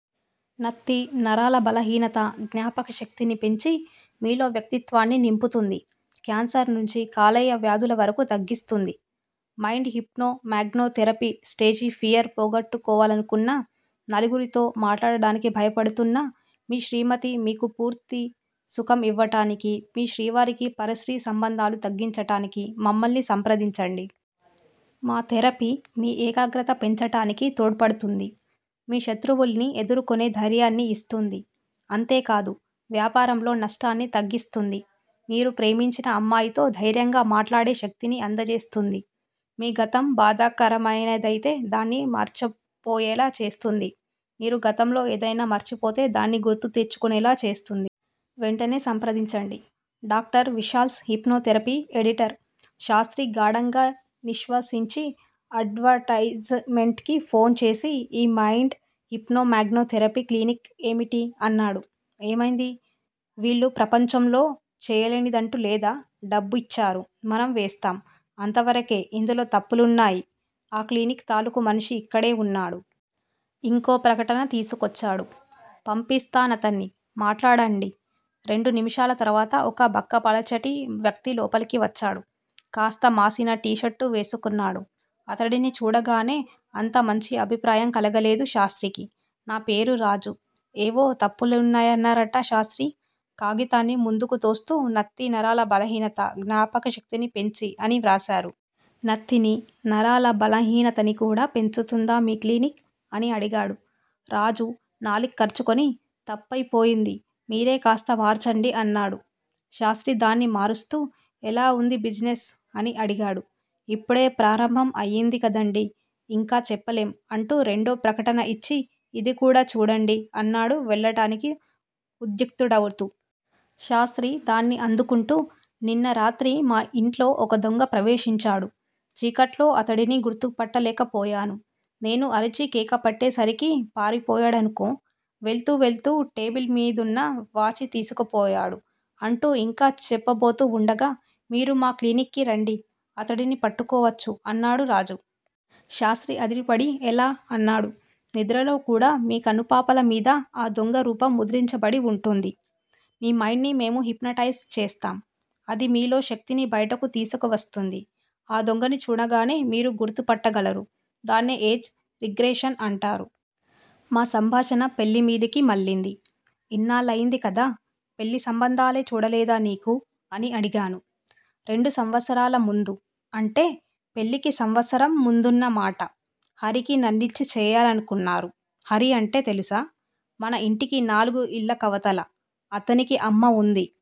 నత్తి, నరాల బలహీనత, జ్ఞాపకశక్తిని పెంచి మీలో వ్యక్తిత్వాన్ని నింపుతుంది. కాన్సర్ నుంచి కాలేయవ్యాధుల వరకూ తగ్గిస్తుంది mind hypno magno therapy stage fear పోగొట్టుకోవాలనుకున్న. నలుగురితో మాట్లాడటానికి భయపడుతున్నా, మీ శ్రీమతి మీకు పూర్తి సుఖం ఇవ్వటానికి, మీ శ్రీవారికి పరస్త్రీ సంబంధాలు తగ్గించటానికి మమ్మల్ని సంప్రదించండి. మా థెరపీ మీ 'ఏకాగ్రత' పెంచటానికి తోడ్పడుతుంది. మీ శత్రువుల్ని ఎదుర్కొనే ధైర్యాన్ని ఇస్తుంది. అంతేకాదు. వ్యాపారంలో నష్టాల్ని తగ్గిస్తుంది. మీరు ప్రేమించిన అమ్మాయితో ధైర్యంగా మాట్లాడే శక్తిని అందజేస్తుంది మీ గతం బాధాకరమైనదయితే దాన్ని మర్చిపోయేలా చేస్తుంది. మీరు గతంలో ఏదైనా మర్చిపోతే దాన్ని గుర్తు తెచ్చుకునేలా చేస్తుంది. వెంటనే సంప్రదించండి. Doctor Vishal's hypno therapy editor Shastri గాఢంగా నిశ్వసించి అడ్వర్టయిజ్ మెంట్ కి ఫోన్ చేసి ఈ mind hypno magno therapy clinic ఏమిటి? అన్నాడు. ఏమైంది? వీళ్ళు ప్రపంచంలో చేయలేనిదంటూ లేదా? డబ్బిచ్చారు. మనం వేస్తాం. అంతవరకే. ఇందులో తప్పులున్నాయి ఆ క్లినిక్ తాలూకు మనిషి ఇక్కడే వున్నాడు. ఇంకో ప్రకటన తీసుకొచ్చాడు. పంపిస్తానతన్ని. మాట్లాడండి రెండు నిమిషాల తరువాత ఒక బక్కపలచటి వ్యక్తి లోపలికి వచ్చాడు. కాస్త మాసిన 'టీ షర్టు' వేసుకున్నాడు. అతడిని చూడగానే అంత మంచి అభిప్రాయం కలుగలేదు శాస్త్రికి. నా పేరు రాజు. ఏవో తప్పులున్నాయన్నార్ట శాస్త్రి, కాగితాన్ని ముందుకుతోస్తూ నత్తి నరాల బలహీనత, జ్ఞాపకశక్తిని పెంచి అని వ్రాసారు. నత్తినీ, నరాల బలహీనతని కూడా పెంచుతుందా మీ క్లినిక్? అని అడిగాడు. రాజు నాలిక్కర్చుకుని, తప్పయిపోయింది. మీరే కాస్త మార్చండి అన్నాడు. శాస్త్రి దాన్ని మారుస్తూ ఎలా వుందీ బిజినెస్? అని అడిగాడు. ఇప్పుడే ప్రారంభం అయింది కదండీ. ఇంకా చెప్పలేం అంటూ రెండో ప్రకటన ఇచ్చి ఇది కూడా చూడండి అన్నాడు వెళ్ళటానికి ఉద్యుక్తుడవుతూ. శాస్త్రి దాన్ని అందుకుంటూ నిన్న రాత్రి మా ఇంట్లో ఒక దొంగ ప్రవేశించాడు. చీకట్లో అతడిని గుర్తుపట్టులేకపోయాను. నేను అరిచి కేకపెట్టేసరికి పారిపోయాడనుకో. వెళ్తూ వెళ్తూ టేబిల్ మీదున్న వాచీ తీసుకుపోయాడు అంటూ ఇంకా చెప్పబోతూ వుండగా 'మీరు మా క్లినిక్ కి రండి. అతడిని పట్టుకోవచ్చు' అన్నాడు రాజు. శాస్త్రి అదిరిపడి ఎలా? అన్నాడు. నిద్రలో కూడా మీ కనుపాపల మీద ఆ దొంగ రూపం ముద్రించబడి వుంటుంది. మీ మైండ్ ని మేము హిప్నటైజ్ చేస్తాం. అది మీలో శక్తిని బయటకు తీసుకువస్తుంది. ఆ దొంగని చూడగానే మీరు గుర్తుపట్టగలరు దాన్నే ఏజ్ రిగ్రెషన్ అంటారు. మా సంభాషణ పెళ్ళిమీదికి మళ్ళింది. ఇన్నేళ్ళయింది కదా. పెళ్ళి సంబంధాలే చూడలేదా నీకు? అని అడిగాను. రెండు సంవత్సరాల ముందు, అంటే పెళ్ళికి సంవత్సరం ముందున్న మాట. హరికి నన్నిచ్చి చేయాలనుకున్నారు. హరి అంటే తెలుసా? మన ఇంటికి నాలుగు ఇళ్ళకవతల. అతనికి అమ్మ వుంది.